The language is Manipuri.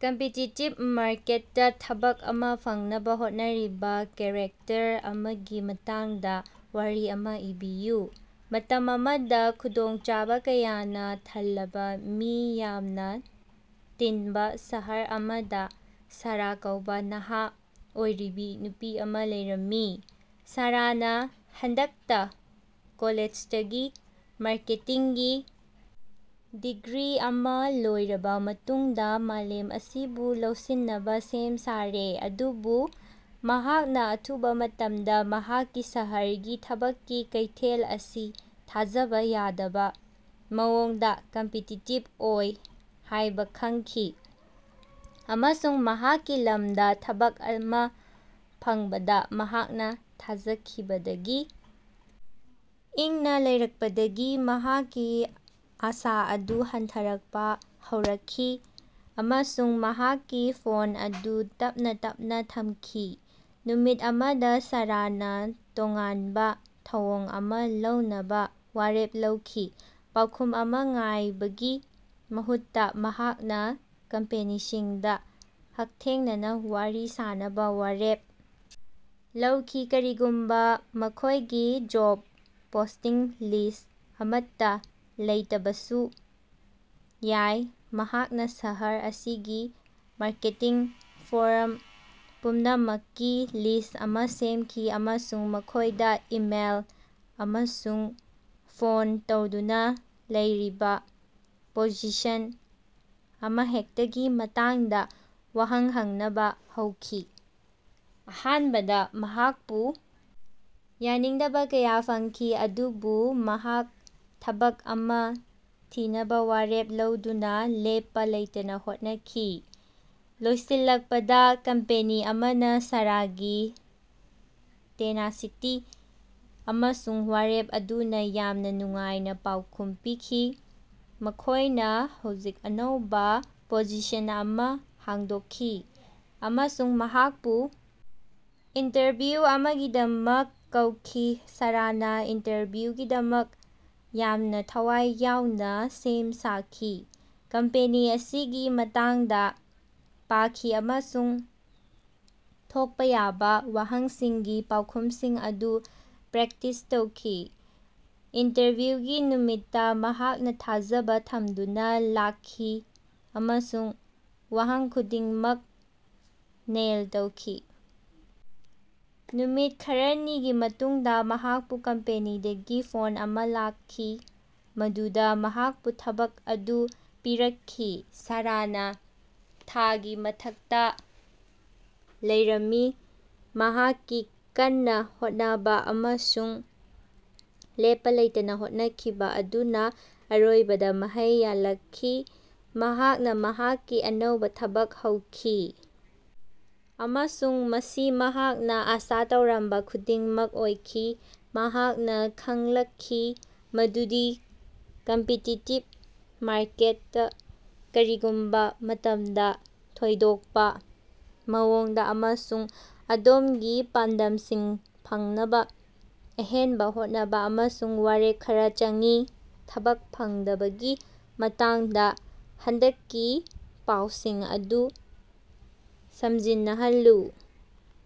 ꯀꯝꯄꯤꯇꯤꯇꯤꯕ ꯃꯥꯔꯀꯦꯠꯇ ꯊꯕꯛ ꯑꯃ ꯐꯪꯅꯕ ꯍꯣꯠꯅꯔꯤꯕ ꯀꯦꯔꯦꯛꯇꯔ ꯑꯃꯒꯤ ꯃꯇꯥꯡꯗ ꯋꯥꯔꯤ ꯑꯃ ꯏꯕꯤꯌꯨ꯫ ꯃꯇꯝ ꯑꯃꯗ ꯈꯨꯗꯣꯡꯆꯥꯕ ꯀꯌꯥꯅ ꯊꯜꯂꯕ ꯃꯤ ꯌꯥꯝꯅ ꯇꯤꯅꯕ ꯁꯍꯔ ꯑꯃꯗ ꯁꯥꯔꯥ ꯀꯧꯕ ꯅꯍꯥ ꯑꯣꯏꯔꯤꯕꯤ ꯅꯨꯄꯤ ꯑꯃ ꯂꯩꯔꯝꯃꯤ꯫ ꯁꯥꯔꯥꯅ ꯍꯟꯗꯛꯇ ꯀꯣꯂꯦꯖꯇꯒꯤ ꯃꯥꯔꯀꯦꯇꯤꯡꯒꯤ ꯗꯤꯒ꯭ꯔꯤ ꯑꯃ ꯂꯣꯏꯔꯕ ꯃꯇꯨꯡꯗ ꯃꯥꯂꯦꯝ ꯑꯁꯤꯕꯨ ꯂꯧꯁꯤꯟꯅꯕ ꯁꯦꯝ ꯁꯥꯔꯦ꯫ ꯑꯗꯨꯕꯨ ꯃꯍꯥꯛꯅ ꯑꯊꯨꯕ ꯃꯇꯝꯗ ꯃꯍꯥꯛꯀꯤ ꯁꯍꯔꯒꯤ ꯊꯕꯛꯀꯤ ꯀꯩꯊꯦꯜ ꯑꯁꯤ ꯊꯥꯖꯕ ꯌꯥꯗꯕ ꯃꯑꯣꯡꯗ ꯀꯝꯄꯤꯇꯤꯇꯤꯕ ꯑꯣꯏ ꯍꯥꯢꯕ ꯈꯪꯈꯤ, ꯑꯃꯁꯨꯡ ꯃꯍꯥꯛꯀꯤ ꯂꯝꯗ ꯊꯕꯛ ꯑꯃ ꯐꯪꯕꯗ ꯃꯍꯥꯛꯅ ꯊꯥꯖꯈꯤꯕꯗꯒꯤ ꯏꯪꯅ ꯂꯩꯔꯛꯄꯗꯒꯤ ꯃꯍꯥꯛꯀꯤ ꯑꯁꯥ ꯑꯗꯨ ꯍꯟꯊꯔꯛꯄꯥ ꯍꯧꯔꯛꯈꯤ, ꯑꯃꯁꯨꯡ ꯃꯍꯥꯛꯀꯤ ꯐꯣꯟ ꯑꯗꯨ ꯇꯞꯅꯥ ꯇꯞꯅꯥ ꯊꯝꯈꯤ꯫ ꯅꯨꯃꯤꯠ ꯑꯃꯗ ꯁꯥꯔꯥꯅ ꯇꯣꯉꯥꯟꯕ ꯊꯧꯑꯣꯡ ꯑꯃ ꯂꯧꯅꯕ ꯋꯥꯔꯦꯞ ꯂꯧꯈꯤ꯫ ꯄꯥꯎꯈꯨꯝ ꯑꯃ ꯉꯥꯏꯕꯒꯤ ꯃꯍꯨꯠꯇ ꯃꯍꯥꯛꯅ ꯀꯝꯄꯦꯅꯤꯁꯤꯡꯗ ꯍꯛꯊꯦꯡꯅꯅꯥ ꯋꯥꯔꯤ ꯁꯥꯅꯕ ꯋꯥꯔꯦꯞ ꯂꯧꯈꯤ꯫ ꯀꯔꯤꯒꯨꯝꯕ ꯃꯈꯣꯢꯒꯤ ꯖꯣꯕ ꯄꯣꯁꯇꯤꯡ ꯂꯤꯁ ꯑꯃꯠꯇ ꯂꯩꯇꯕꯁꯨ ꯌꯥꯏ꯫ ꯃꯍꯥꯛꯅ ꯁꯍꯔ ꯑꯁꯤꯒꯤ ꯃꯥꯔꯀꯦꯇꯤꯡ ꯐꯣꯔꯝ ꯄꯨꯝꯅꯃꯛꯀꯤ ꯂꯤꯁ ꯑꯃ ꯁꯦꯝꯈꯤ ꯑꯃꯁꯨꯡ ꯃꯈꯣꯢꯗ ꯏꯃꯦꯜ ꯑꯃꯁꯨꯡ ꯐꯣꯟ ꯇꯧꯗꯨꯅ ꯂꯩꯔꯤꯕ ꯄꯣꯖꯤꯁꯟ ꯑꯃꯍꯦꯛꯇꯒꯤ ꯃꯇꯥꯡꯗ ꯋꯍꯪ ꯍꯪꯅꯕ ꯍꯧꯈꯤ꯫ ꯑꯍꯥꯟꯕꯗ ꯃꯍꯥꯛꯄꯨ ꯌꯥꯅꯤꯡꯗꯕꯥ ꯀꯌꯥ ꯐꯪꯈꯤ꯫ ꯑꯗꯨꯕꯨ ꯃꯍꯥꯛ ꯊꯕꯛ ꯑꯃ ꯊꯤꯅꯕ ꯋꯥꯔꯦꯞ ꯂꯧꯗꯨꯅ ꯂꯦꯞꯄ ꯂꯩꯇꯅ ꯍꯣꯠꯅꯈꯤ꯫ ꯂꯣꯏꯁꯤꯜꯂꯛꯄꯗ ꯀꯝꯄꯦꯅꯤ ꯑꯃꯅ ꯁꯥꯔꯥꯒꯤ ꯇꯦꯅꯥꯁꯤꯇꯤ ꯑꯃꯁꯨꯡ ꯋꯥꯔꯦꯞ ꯑꯗꯨꯅ ꯌꯥꯝꯅ ꯅꯨꯡꯉꯥꯏꯅ ꯄꯥꯎꯈꯨꯝ ꯄꯤꯈꯤ꯫ ꯃꯈꯣꯢꯅ ꯍꯧꯖꯤꯛ ꯑꯅꯧꯕ ꯄꯣꯖꯤꯁꯟ ꯑꯃ ꯍꯥꯡꯗꯣꯛꯈꯤ ꯑꯃꯁꯨꯡ ꯃꯍꯥꯛꯄꯨ ꯏꯟꯇꯔꯚ꯭ꯌꯨ ꯑꯃꯒꯤꯗꯃꯛ ꯀꯧꯈꯤ꯫ ꯁꯥꯔꯥꯅ ꯏꯟꯇꯔꯚ꯭ꯌꯨꯒꯤꯗꯃꯛ ꯌꯥꯝꯅ ꯊꯋꯥꯏ ꯌꯥꯎꯅ ꯁꯦꯝ ꯁꯥꯈꯤ꯫ ꯀꯝꯄꯦꯅꯤ ꯑꯁꯤꯒꯤ ꯃꯇꯥꯡꯗ ꯄꯥꯈꯤ ꯑꯃꯁꯨꯡ ꯊꯣꯛꯄꯥ ꯌꯥꯕ ꯋꯥꯍꯪꯁꯤꯡꯒꯤ ꯄꯥꯎꯈꯨꯃꯁꯤꯡ ꯑꯗꯨ ꯄ꯭ꯔꯦꯛꯇꯤꯁ ꯇꯧꯈꯤ꯫ ꯏꯟꯇꯔꯚ꯭ꯌꯨꯒꯤ ꯅꯨꯃꯤꯠꯇ ꯃꯍꯥꯛꯅ ꯊꯥꯖꯕ ꯊꯝꯗꯨꯅ ꯂꯥꯛꯈꯤ, ꯑꯃꯁꯨꯡ ꯋꯥꯍꯪ ꯈꯨꯗꯤꯡꯃꯛ ꯅꯦꯜ ꯇꯧꯈꯤ꯫ ꯅꯨꯃꯤꯠ ꯈꯔꯥꯅꯤꯒꯤ ꯃꯇꯨꯡꯗ ꯃꯍꯥꯛꯄꯨ ꯀꯝꯄꯦꯅꯤꯗꯒꯤ ꯐꯣꯟ ꯑꯃ ꯂꯥꯛꯈꯤ꯫ ꯃꯗꯨꯗ ꯃꯍꯥꯛꯄꯨ ꯊꯕꯛ ꯑꯗꯨ ꯄꯤꯔꯛꯈꯤ꯫ ꯁꯥꯔꯥꯅ ꯊꯥꯒꯤ ꯃꯊꯛꯇ ꯂꯩꯔꯝꯃꯤ, ꯃꯍꯥꯛꯀꯤ ꯀꯟꯅ ꯍꯣꯠꯅꯕ ꯑꯃꯁꯨꯡ ꯂꯦꯞꯄ ꯂꯩꯇꯅ ꯍꯣꯠꯅꯈꯤꯕ ꯑꯗꯨꯅ ꯑꯔꯣꯏꯕꯗ ꯃꯍꯩ ꯌꯥꯜꯂꯛꯈꯤ꯫ ꯃꯍꯥꯛꯅ ꯃꯍꯥꯛꯀꯤ ꯑꯅꯧꯕ ꯊꯕꯛ ꯍꯧꯈꯤ, ꯑꯃꯁꯨꯡ ꯃꯁꯤ ꯃꯍꯥꯛꯅ ꯑꯁꯥ ꯇꯧꯔꯝꯕ ꯈꯨꯗꯤꯡꯃꯛ ꯑꯣꯏꯈꯤ꯫ ꯃꯍꯥꯛꯅ ꯈꯪꯂꯛꯈꯤ ꯃꯗꯨꯗꯤ, ꯀꯝꯄꯤꯇꯤꯇꯤꯕ ꯃꯥꯔꯀꯦꯠꯇ, ꯀꯔꯤꯒꯨꯝꯕ ꯃꯇꯝꯗ ꯊꯣꯏꯗꯣꯛꯄ ꯃꯑꯣꯡꯗ ꯑꯃꯁꯨꯡ ꯑꯗꯣꯝꯒꯤ ꯄꯥꯟꯗꯝꯁꯤꯡ ꯐꯪꯅꯕ ꯑꯍꯦꯟꯕ ꯍꯣꯠꯅꯕ ꯑꯃꯁꯨꯡ ꯋꯥꯔꯦꯞ ꯈꯔꯥ ꯆꯪꯏ꯫ ꯊꯕꯛ ꯐꯪꯗꯕꯒꯤ ꯃꯇꯥꯡꯗ ꯍꯟꯗꯛꯀꯤ ꯄꯥꯎꯁꯤꯡ ꯑꯗꯨ ꯁꯝꯖꯤꯟꯅꯍꯜꯂꯨ꯫